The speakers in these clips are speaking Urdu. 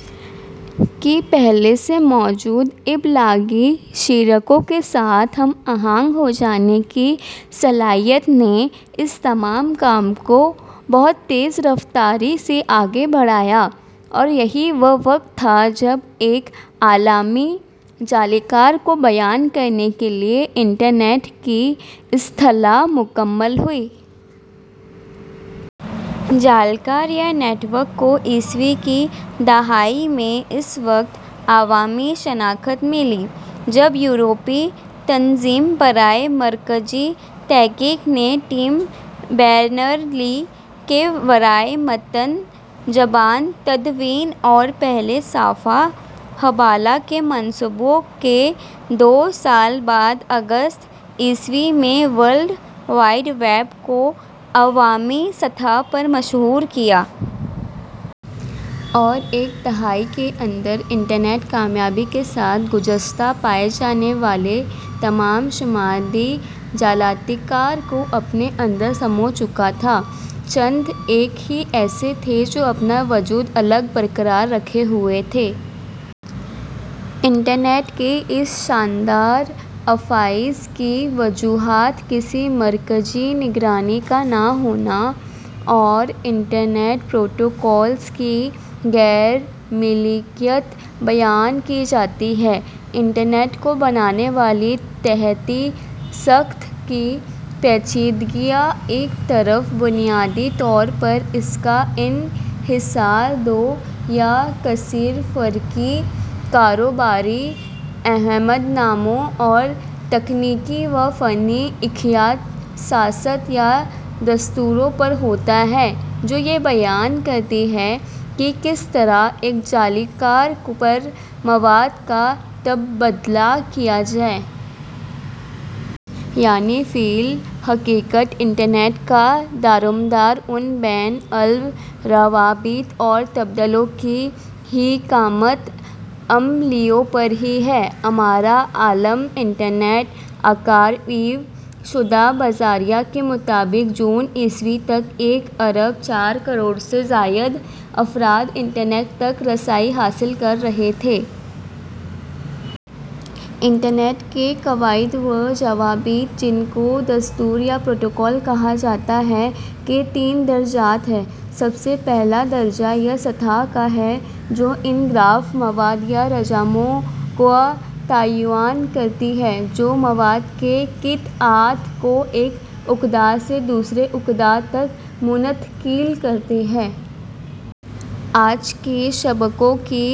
/ کی پہلے سے موجود ابلاغی شراکوں کے ساتھ ہم آہنگ ہوجانے کی صلاحیت نے اس تمام کام کو بہت تیز رفتاری سے آگے بڑھایا۔ اور یہی وہ وقت تھا جب ایک عالمی / جالِکار کو بیان کرنے کے لیے انٹرنیٹ کی اصطلاح مقبول ہوئی۔ جالِکار یا نیٹ ورک کو ء کی دہائی میں اس وقت عوامی شناخت ملی جب یورپی تنظیم برائے مرکزی تحقیق نے ٹـم بیرنر لی کے ورائےمتن زبان تدوین ، اور پہلے صفحہ حبالہ کے منصوبوں کے دو سال بعد اگست ء میں ورلـڈ وائـڈ ویـب کو عوامی سطح پر مشہور کیا۔ اور ایک دہائی کے اندر انٹرنیٹ کامیابی کے ساتھ گذشتہ پائے جانے والے تمام شمارندی جالاتِکار کو اپنے اندر سمو چکا تھا۔ چند ایک ہی ایسے تھے جو اپنا وجود الگ برقرار رکھے ہوئے تھے۔ انٹرنیٹ کی اس شاندار افزائش کی وجوہات، کسی مرکزی نگرانی کا نہ ہونا اور انٹرنیٹ پروٹوکولز کی غیر ملکیت بیان کی جاتی ہے۔ انٹرنیٹ کو بنانے والی تحتی ساخت کی پیچیدگیاں ایک طرف، بنیادی طور پر اِس کا انحصار دو یا کثیرفرقی کاروباری عہدناموں اور تکنیکی و فنی اختصاصات یا دستوروں پر ہوتا ہے جو یہ بیان کرتے ہیں کہ کس طرح ایک جالِکار پر مواد کا تبادلہ کیا جائے۔ یعنی فی الحقیقت، انٹرنیٹ کا دارومدار ان بین الروابط اور تبادلوں کی حکمت عملیوں پر ہی ہے۔ امارہ عالم انٹرنیٹ آرکائیو شدہ بذریعہ. کے مطابق جون ء تک ایک ارب چار کروڑ سے زائد افراد انٹرنیٹ تک رسائی حاصل کر رہے تھے۔ انٹرنیٹ کے قواعد و ضوابط، جن کو دستور یا پروٹوکول کہا جاتا ہے کے تین درجات ہیں: سب سے پہلا درجہ یا سطح کا ہے جو ان گراف مواد یا رزموں کا تعین کرتی ہے جو مواد کے قطعات کو ایک عقدہ سے دوسرے عقدہ تک منتقل کرتے ہیں۔ آج کے شبکوں کی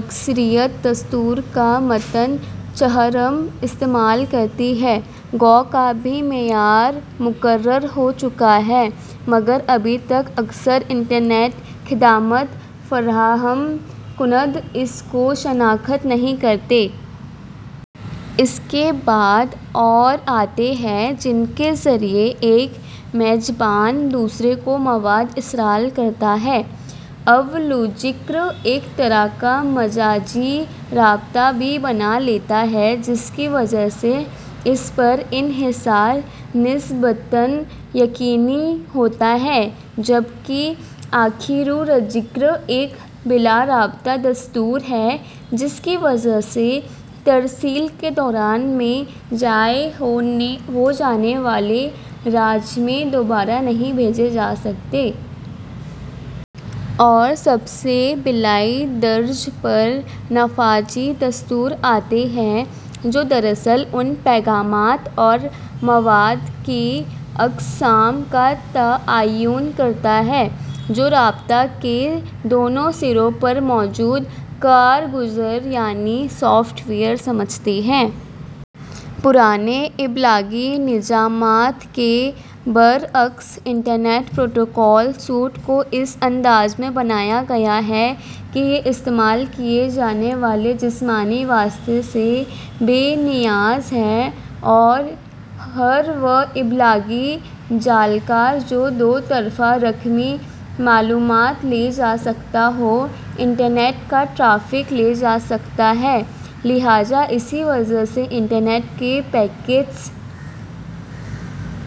اکثریت دستور کا متن چہارم استعمال کرتی ہے۔ گو کا بھی معیار مقرر ہو چکا ہے مگر ابھی تک اکثر انٹرنیٹ خدمت فراہم کنندہ اس کو شناخت نہیں کرتے۔ اس کے بعد اور آتے ہیں جن کے ذریعہ ایک میزبان دوسرے کو مواد ارسال کرتا ہے۔ اول الذکر ایک طرح کا مجازی رابطہ بھی بنالیتا ہے جس کی وجہ اس پر انحصار نسبتاً یقینی ہوتا ہے جبکہ آخر الذکر ایک بلا رابط دستور ہے جس کی وجہ سے ترسیل کے دوران میں ضائع ہوجانے والے رزمے دوبارہ نہیں بھیجے جا سکتے۔ اور سب سے بالائی درجہ پر نفاذی دستور آتے ہیں جو دراصل ان پیغامات اور مواد کی اقسام کا تعین کرتا ہے جو رابطہ کے دونوں سروں پر موجود کارگزار یعنی سوفٹ ویئر سمجھتے ہیں۔ پرانے ابلاغی نظامات کے برعکس انٹرنیٹ پروٹوکول سوٹ کو اس انداز میں بنایا گیا ہے کہ یہ استعمال کیے جانے والے جسمانی واسطے سے بے نیاز ہے اور ہر وہ ابلاغی جالکار جو دو طرفہ رقمی معلومات لے جا سکتا ہو انٹرنیٹ کا ٹریفیک لے جا سکتا ہے۔ لہذا اسی وجہ سے انٹرنیٹ کے پیکیٹس ؛